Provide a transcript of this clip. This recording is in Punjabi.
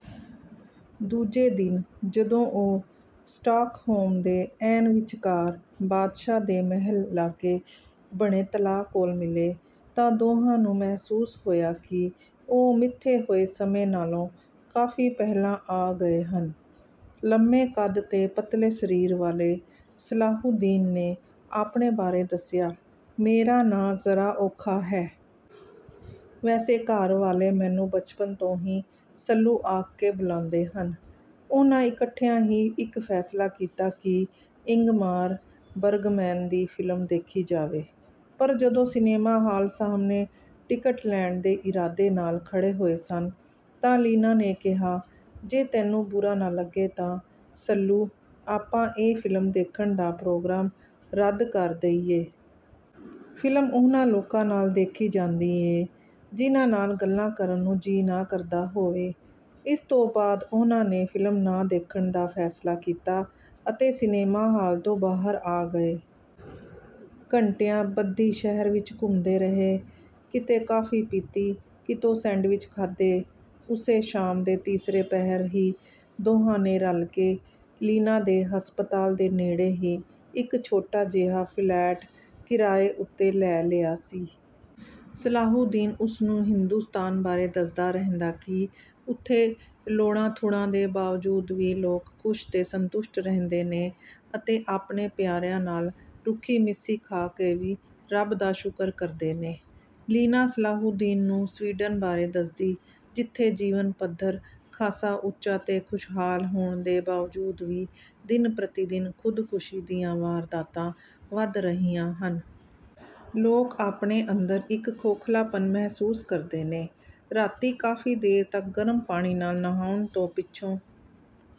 ਦੂਜੇ ਦਿਨ, ਜਦੋਂ ਉਹ ਸਟਾਕਹੋਮ ਦੇ ਐਨ ਵਿਚਕਾਰ ਬਾਦਸ਼ਾਹ ਦੇ ਮਹਿਲ ਲਾਗੇ ਬਣੇ ਤਲਾਅ ਕੋਲ ਮਿਲੇ, ਤਾਂ ਦੋਹਾਂ ਨੂੰ ਮਹਿਸੂਸ ਹੋਇਆ ਕਿ ਉਹ ਮਿੱਥੇ ਹੋਏ ਸਮੇਂ ਨਾਲੋਂ ਕਾਫ਼ੀ ਪਹਿਲਾਂ ਆ ਗਏ ਹਨ। ਲੰਮੇ ਕੱਦ ਤੇ ਪਤਲੇ ਸਰੀਰ ਵਾਲੇ ਸਲਾਹੂਦੀਨ ਨੇ ਆਪਣੇ ਬਾਰੇ ਦੱਸਿਆ, "ਮੇਰਾ ਨਾਂ ਜ਼ਰਾ ਔਖਾ ਹੈ... ਵੈਸੇ ਘਰ ਵਾਲੇ ਮੈਨੂੰ ਬਚਪਨ ਤੋਂ ਹੀ ਸੱਲੂ ਆਖ ਕੇ ਬੁਲਾਂਦੇ ਨੇ।" ਉਹਨਾਂ ਇਕੱਠਿਆਂ ਹੀ ਇੱਕ ਫ਼ੈਸਲਾ ਕੀਤਾ ਕਿ ਇੰਗਮਾਰ ਬਰਗਮੈਨ ਦੀ ਫ਼ਿਲਮ ਦੇਖੀ ਜਾਵੇ। ਪਰ ਜਦੋਂ ਸਿਨੇਮਾ ਹਾਲ ਸਾਹਮਣੇ ਟਿਕਟ ਲੈਣ ਦੇ ਇਰਾਦੇ ਨਾਲ ਖੜ੍ਹੇ ਹੋਏ ਸਨ, ਤਾਂ ਲੀਨਾ ਨੇ ਕਿਹਾ, "ਜੇ ਤੈਨੂੰ ਬੁਰਾ ਨਾ ਲੱਗੇ ਤਾਂ, ਸੱਲੂ, ਆਪਾਂ ਇਹ ਫ਼ਿਲਮ ਦੇਖਣ ਦਾ ਪ੍ਰੋਗਰਾਮ ਰੱਦ ਕਰ ਦੇਈਏ। ਫ਼ਿਲਮ ਉਹਨਾਂ ਲੋਕਾਂ ਨਾਲ ਦੇਖੀ ਜਾਂਦੀ ਏ, ਜਿਨ੍ਹਾਂ ਨਾਲ ਗੱਲਾਂ ਕਰਨ ਨੂੰ ਜੀਅ ਨਾ ਕਰਦਾ ਹੋਵੇ।" ਇਸ ਤੋਂ ਬਾਅਦ ਉਹਨਾਂ ਨੇ ਫ਼ਿਲਮ ਨਾ ਦੇਖਣ ਦਾ ਫ਼ੈਸਲਾ ਕੀਤਾ ਅਤੇ ਸਿਨੇਮਾ ਹਾਲ ਤੋਂ ਬਾਹਰ ਆ ਗਏ। ਘੰਟਿਆਂ ਬੱਧੀ ਸ਼ਹਿਰ ਵਿੱਚ ਘੁੰਮਦੇ ਰਹੇ। ਕਿਤੇ ਕਾਫ਼ੀ ਪੀਤੀ, ਕਿਤੋਂ ਸੈਂਡਵਿਚ ਖਾਧੇ। ਉਸੇ ਸ਼ਾਮ ਦੇ ਤੀਸਰੇ ਪਹਿਰ ਹੀ ਦੋਹਾਂ ਨੇ ਰਲ ਕੇ, ਲੀਨਾ ਦੇ ਹਸਪਤਾਲ ਦੇ ਨੇੜੇ ਹੀ ਇੱਕ ਛੋਟਾ ਜਿਹਾ ਫ਼ਲੈਟ ਕਿਰਾਏ ਉੱਤੇ ਲੈ ਲਿਆ ਸੀ। ਸਲਾਹੂਦੀਨ ਉਸਨੂੰ ਹਿੰਦੁਸਤਾਨ ਬਾਰੇ ਦੱਸਦਾ ਰਹਿੰਦਾ ਕਿ ਉੱਥੇ ਲੋੜਾਂ-ਥੁੜਾਂ ਦੇ ਬਾਵਜੂਦ ਵੀ ਲੋਕ ਖੁਸ਼ ਤੇ ਸੰਤੁਸ਼ਟ ਰਹਿੰਦੇ ਨੇ ਅਤੇ ਆਪਣੇ ਪਿਆਰਿਆਂ ਨਾਲ ਰੁੱਖੀ-ਮਿੱਸੀ ਖਾ ਕੇ ਵੀ ਰੱਬ ਦਾ ਸ਼ੁਕਰ ਕਰਦੇ ਨੇ। ਲੀਨਾ ਸਲਾਹੂਦੀਨ ਨੂੰ ਸਵੀਡਨ ਬਾਰੇ ਦੱਸਦੀ—ਜਿੱਥੇ ਜੀਵਨ-ਪੱਧਰ ਖਾਸਾ ਉੱਚਾ ਤੇ ਖੁਸ਼ਹਾਲ ਹੋਣ ਦੇ ਬਾਵਜੂਦ ਵੀ ਦਿਨ-ਪ੍ਰਤੀ-ਦਿਨ ਖ਼ੁਦਕੁਸ਼ੀ ਦੀਆਂ ਵਾਰਦਾਤਾਂ ਵੱਧ ਰਹੀਆਂ ਹਨ। ਲੋਕ ਆਪਣੇ ਅੰਦਰ ਇੱਕ ਖੋਖਲਾਪਨ ਮਹਿਸੂਸ ਕਰਦੇ ਨੇ। ਰਾਤੀਂ ਕਾਫ਼ੀ ਦੇਰ ਤੱਕ ਗਰਮ ਪਾਣੀ ਨਾਲ ਨਹਾਉਣ ਤੋਂ ਪਿੱਛੋਂ...